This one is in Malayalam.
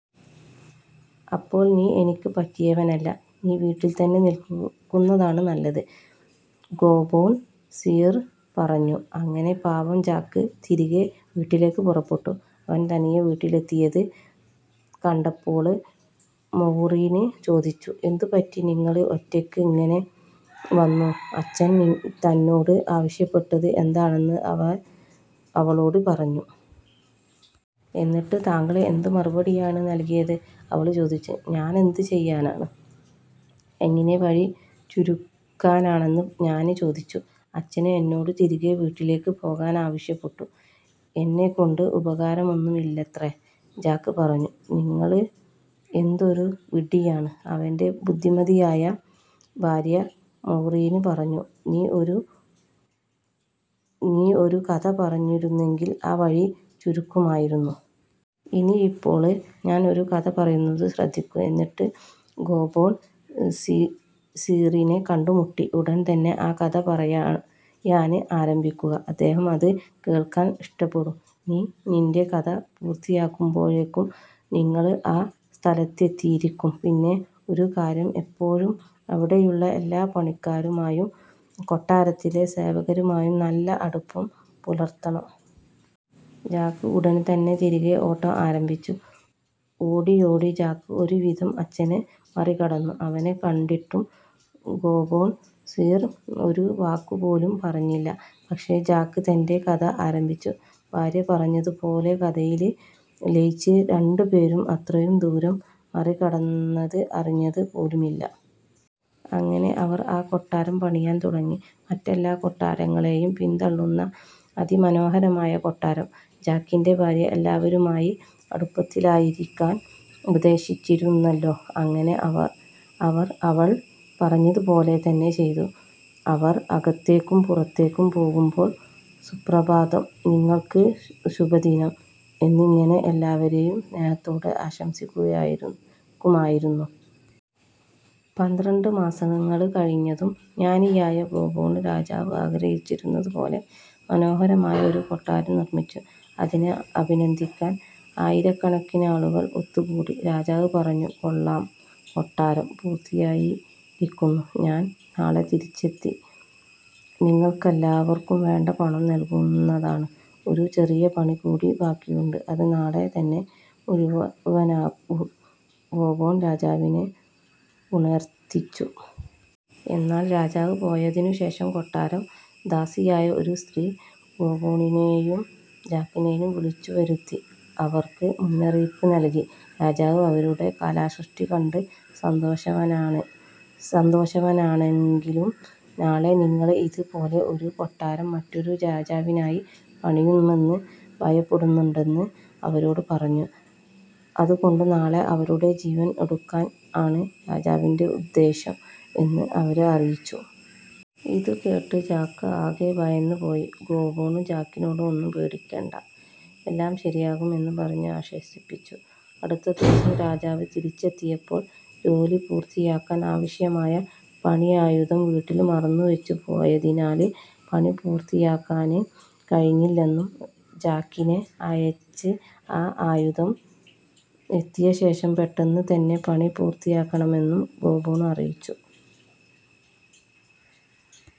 " "അപ്പോൾ നീ എനിക്ക് പറ്റിയവനല്ല, നീ വീട്ടിൽ തന്നെ നിൽക്കുന്നതാണ് നല്ലത്. " ഗോബ്ബോൺ സീർ പറഞ്ഞു. അങ്ങനെ പാവം ജാക്ക് തിരികെ വീട്ടിലേയ്ക്ക് പുറപ്പെട്ടു. അവൻ തനിയെ വീട്ടിലെത്തിയത് കണ്ടപ്പോള് മൌറീന് ചോദിച്ചു, "എന്തുപറ്റി, നിങ്ങള് ഒറ്റയ്ക്ക് എങ്ങനെ വന്നു? " അച്ഛൻ തന്നോട് ആവശ്യപ്പെട്ടത് എന്താണെന്ന് അവൻ അവളോട് പറഞ്ഞു. "എന്നിട്ട്? താങ്കള് എന്തു മറുപടിയാണ് നല്കിയത്? " അവള് ചോദിച്ചു. "ഞാനെന്ത് ചെയ്യാനാണ്? എങ്ങിനെ വഴി ചുരുക്കാനാണെന്ന് ഞാന് ചോദിച്ചു. അച്ഛന് എന്നോടു തിരികെ വീട്ടിലേയ്ക്ക് പോകാനാവശ്യപ്പെട്ടു. എന്നെകൊണ്ട് ഉപകാരമൊന്നുമില്ലത്രേ! " ജാക്ക് പറഞ്ഞു. "നിങ്ങള് എന്തൊരു വിഡ്ഢിയാണ്? " അവന്റെ ബുദ്ധിമതിയായ ഭാര്യ, മൌറീന് പറഞ്ഞു, "നീ ഒരു കഥ പറഞ്ഞിരുന്നെങ്കിൽ ആ വഴി ചുരുക്കുമായിരുന്നു! ഇനിയിപ്പോള് ഞാൻ ഒരു കഥ പറയുന്നത് ശ്രദ്ധിക്കൂ, എന്നിട്ട് ഗോബ്ബോൺ സീറിനെ കണ്ടുമുട്ടി ഉടൻ തന്നെ ആ കഥ പറയാന് ആരംഭിക്കുക. അദ്ദേഹം അത് കേൾക്കാൻ ഇഷ്ടപ്പെടും, നീ നിന്റെ കഥ പൂർത്തിയാകുമ്പോഴേക്കും നിങ്ങള് ആ സ്തലത്തെത്തിയിരിക്കും. പിന്നെ ഒരു കാര്യം, എപ്പോഴും അവിടെയുള്ള എല്ലാ പണിക്കാരുമായും, കൊട്ടാരത്തിലെ സേവകരുമായും നല്ല അടുപ്പം പുലര്ത്തണം. " ജാക്ക് ഉടന് തന്നെ തിരികെ ഓട്ടം ആരഭിച്ചു. ഓടിയോടി ജാക്ക് ഒരു വിധം അച്ഛനെ മറികടന്നു. അവനെ കണ്ടിട്ടും ഗോബ്ബോൺ സീർ ഒരു വാക്കുപോലും പറഞ്ഞില്ല, പക്ഷേ ജാക്ക് തന്റെ കഥ ആരംഭിച്ചു, ഭാര്യ പറഞ്ഞതുപോലെ കഥയില് ലയിച്ച് രണ്ടു പേരും അത്രയും ദൂരം മറികടന്നത് അറിഞ്ഞത് പോലുമില്ല. അങ്ങിനെ അവർ ആ കൊട്ടാരം പണിയാൻ തുടങ്ങി. മറ്റെല്ലാ കൊട്ടാരങ്ങളെയും പിന്തള്ളുന്ന അതിമനോഹരമായ കൊട്ടാരം! ജാക്കിന്റെ ഭാര്യ എല്ലാവരുമായി അടുപ്പത്തിലായിരിക്കാൻ ഉപദേശിച്ചിരുന്നല്ലോ? അങ്ങനെ അവർ അവൾ പറഞ്ഞതുപോലെ തന്നെ ചെയ്തു, അവർ അകത്തേക്കും പുറത്തേക്കും പോകുമ്പോൾ "സുപ്രഭാതം", "നിങ്ങൾക്ക് ശുഭദിനം" എന്നിങ്ങനെ എല്ലാവരെയും സ്നേഹത്തോടെ ആശംസിക്കുമായിരുന്നു. പന്ത്രണ്ട് മാസങ്ങള് കഴിഞ്ഞതും, ജ്ഞാനിയായ ഗോബ്ബോൺ രാജാവ് ആഗ്രഹിച്ചിരുന്നത് പോലെ മനോഹരമായ ഒരു കൊട്ടാരം നിർമ്മിച്ചു, അതിനെ അഭിനന്ദിക്കാൻ ആയിരക്കണക്കിന് ആളുകൾ ഒത്തുകൂടി. രാജാവ് പറഞ്ഞു: "കൊള്ളാം. കൊട്ടാരം പൂർത്തിയായിരിക്കുന്നു. ഞാൻ നാളെ തിരിച്ചെത്തി നിങ്ങൾക്കെല്ലാവർക്കും വേണ്ട പണം നൽകുന്നതാണ്. " "ഒരു ചെറിയ പണി കൂടി ബാക്കിയുണ്ട്, അത് നാളെ തന്നെ മുഴുവനാകും" ഗോബ്ബോൺ രാജാവിനെ ഉണര്ത്തിച്ചു. എന്നാൽ രാജാവ് പോയതിനുശേഷം, കൊട്ടാരം ദാസിയായ ഒരു സ്ത്രീ ഗോബ്ബോണിനെയും ജാക്കിനെയും വിളിച്ചുവരുത്തി. അവർക്ക് മുന്നറിയിപ്പ് നല്കി. രാജാവ് അവരുടെ കലാസൃഷ്ടി കണ്ട് സന്തോഷവാനാണെങ്കിലും, നാളെ നിങ്ങള് ഇത് പോലെ ഒരു കൊട്ടാരംമറ്റൊരു രാജാവിനായി പണിയുമെന്ന് ഭയപ്പെടുന്നുണ്ടെന്ന് അവരോട് പറഞ്ഞു. അത് കൊണ്ട് നാളെ അവരുടെ ജീവൻ എടുക്കാൻ ആണ് രാജാവിന്റെ ഉദ്ദേശ്യം എന്ന് അവര് അറിയിച്ചു. ഇത് കേട്ടു ജാക്ക് ആകെ ഭയന്ന് പോയി. ഗോബ്ബോൺ ജാക്കിനോട് ഒന്നും പേടിക്കേണ്ട, എല്ലാം ശരിയാകും എന്ന് പറഞ്ഞ് ആശ്വസിപ്പിച്ചു. അടുത്ത ദിവസം രാജാവ് തിരിച്ചെത്തിയപ്പോൾ, ജോലി പൂർത്തിയാക്കാൻ ആവശ്യമായ പണിയായുധം വീട്ടില് മറന്നു വെച്ചു പോയതിനാല് പണി പൂര്ത്തിയാക്കാന് കഴിഞ്ഞില്ലെന്നും, ജാക്കിനെ അയച്ച് ആ ആയുധം എത്തിയ ശേഷം പെട്ടെന്ന് തന്നെ പണി പൂരത്തിയാക്കാമെന്നും ഗോബ്ബോൺ അറിയിച്ചു.